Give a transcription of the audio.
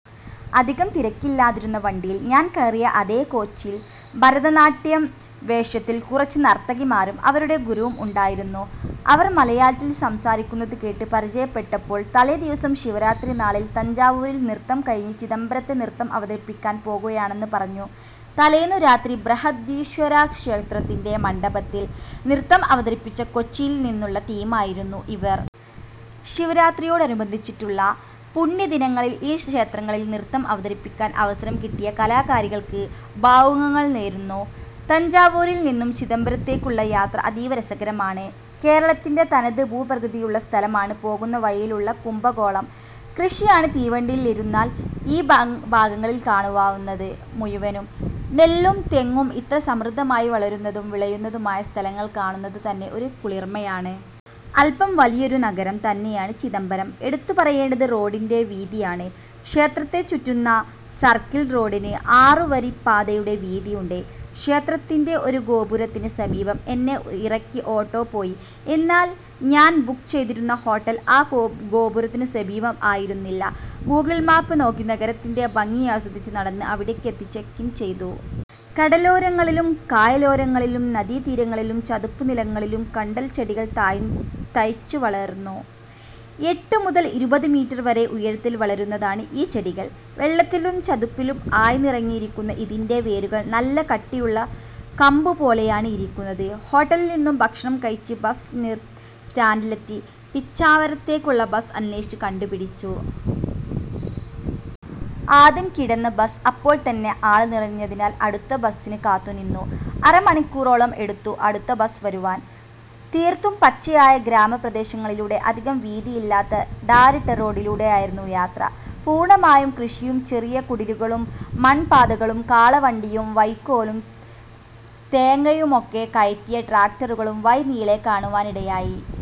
അധികം തിരക്കില്ലാതിരുന്ന വണ്ടിയില് ഞാന് കയറിയ അതേ കോച്ചില് ഭരതനാട്യം വേഷത്തില് കുറച്ച് നര്ത്തകിമാരും അവരുടെ ഗുരുവും ഉണ്ടായിരുന്നു. അവര് മലയാളത്തില് സംസാരിക്കുന്നതു കേട്ട് പരിചയപ്പെട്ടപ്പോള് തലേദിവസം ശിവരാത്രി നാളില് തഞ്ചാവൂരില് നൃത്തം കഴിഞ്ഞ് ചിദംബരത്ത് നൃത്തം അവതരിപ്പിക്കാന് പോകുകയാണെന്ന് പറഞ്ഞു. തലേന്നു രാത്രി ബ്രഹദീശ്വര ക്ഷേത്രത്തിന്റെ മണ്ഡപത്തില് നൃത്തം അവതരിപ്പിച്ച കൊച്ചിയില് നിന്നുള്ള ടീമായിരുന്നു ഇവര്. ശിവരാത്രിയോടനുബന്ധിച്ചുള്ള പുണ്യ ദിനങ്ങളില് ഈ ക്ഷേത്രങ്ങളില് നൃത്തം അവതരിപ്പിക്കാന് അവസരം കിട്ടിയ കലാകാരികള്ക്ക് ഭാവുകങ്ങള് നേര്ന്നു. തഞ്ചാവൂരില് നിന്നും ചിദംബരത്തേക്കുള്ള യാത്ര അതീവ രസകരമാണ്. കേരളത്തിന്റെ തനത് ഭൂപ്രകൃതിയുള്ള സ്ഥലമാണ് പോകുന്ന വഴിയിലുള്ള കുംഭകോണം. കൃഷിയാണ് തീവണ്ടിയില് ഇരുന്നാല് ഈ ഭാഗങ്ങളില് കാണാവുന്നത് മുഴുവനും. നെല്ലും തെങ്ങും ഇത്ര സമൃദ്ധിയായി വളരുന്നതും വിളയുന്നതുമായ സ്ഥലങ്ങള് കാണുന്നതു തന്നെ ഒരു കുളിര്മ്മയാണ്. അല്പം വലിയൊരു നഗരം തന്നെയാണ് ചിദംബരം. എടുത്തുപറയേണ്ടത് റോഡിന്റെ വീതിയാണ്. ക്ഷേത്രത്തെ ചുറ്റുന്ന സര്ക്കിള് റോഡിന് ആറുവരിപ്പാതയുടെ വീതിയുണ്ട്. ക്ഷേത്രത്തിന്റെ ഒരു ഗോപുരത്തിന് സമീപം എന്നെ ഇറക്കി ഓട്ടോ പോയി. എന്നാല് ഞാന് ബുക്ക് ചെയ്തിരുന്ന ഹോട്ടല് ആ ഗോപുരത്തിന് സമീപം ആയിരുന്നില്ല. ഗൂഗിള് മാപ്പ് നോക്കി നഗരത്തിന്റെ ഭംഗിയാസ്വദിച്ച് നടന്ന് അവിടേക്കെത്തി ചെക്കിന് ചെയ്തു. കടലോരങ്ങളിലും കായലോരങ്ങളിലും നദീതീരങ്ങളിലും ചതുപ്പുനിലങ്ങളിലും കണ്ടല്ച്ചെടികള് തഴച്ച് വളരുന്നു. എട്ട് മുതല് ഇരുപത് മീറ്റര് വരെ ഉയരത്തില് വളരുന്നതാണ് ഈ ചെടികള്. വെള്ളത്തിലും ചതുപ്പിലും ആഴ്ന്നിറങ്ങിയിരിക്കുന്ന ഇതിന്റെ വേരുകള് നല്ല കട്ടിയുള്ള കമ്പുപോലെയാണ് ഇരിക്കുന്നത്. ഹോട്ടലില് നിന്നും ഭക്ഷണം കഴിച്ച് ബസ് സ്റ്റാന്റിലെത്തി പിച്ചാവരത്തേക്കുള്ള ബസ് അന്വേഷിച്ച് കണ്ടുപിടിച്ചു. ആദ്യം കിടന്ന ബസ് അപ്പോള്ത്തന്നെ ആള് നിറഞ്ഞതിനാല് അടുത്ത ബസിന് കാത്തുനിന്നു. അര മണിക്കൂറോളം എടുത്തു അടുത്ത ബസ് വരുവാന്. തീര്ത്തും പച്ചയായ ഗ്രാമപ്രദേശങ്ങളിലൂടെ അധികം വീതിയില്ലാത്ത ടാറിട്ട റോഡിലൂടെയായിരുന്നു യാത്ര. പൂര്ണ്ണമായും കൃഷിയും ചെറിയ കുടിലുകളും മണ്പാതകളും കാളവണ്ടിയും വൈക്കോലും തേങ്ങയുമൊക്കെ കയറ്റിയ ട്രാക്ടറുകളും വഴിനീളെ കാണുവാനിടയായി.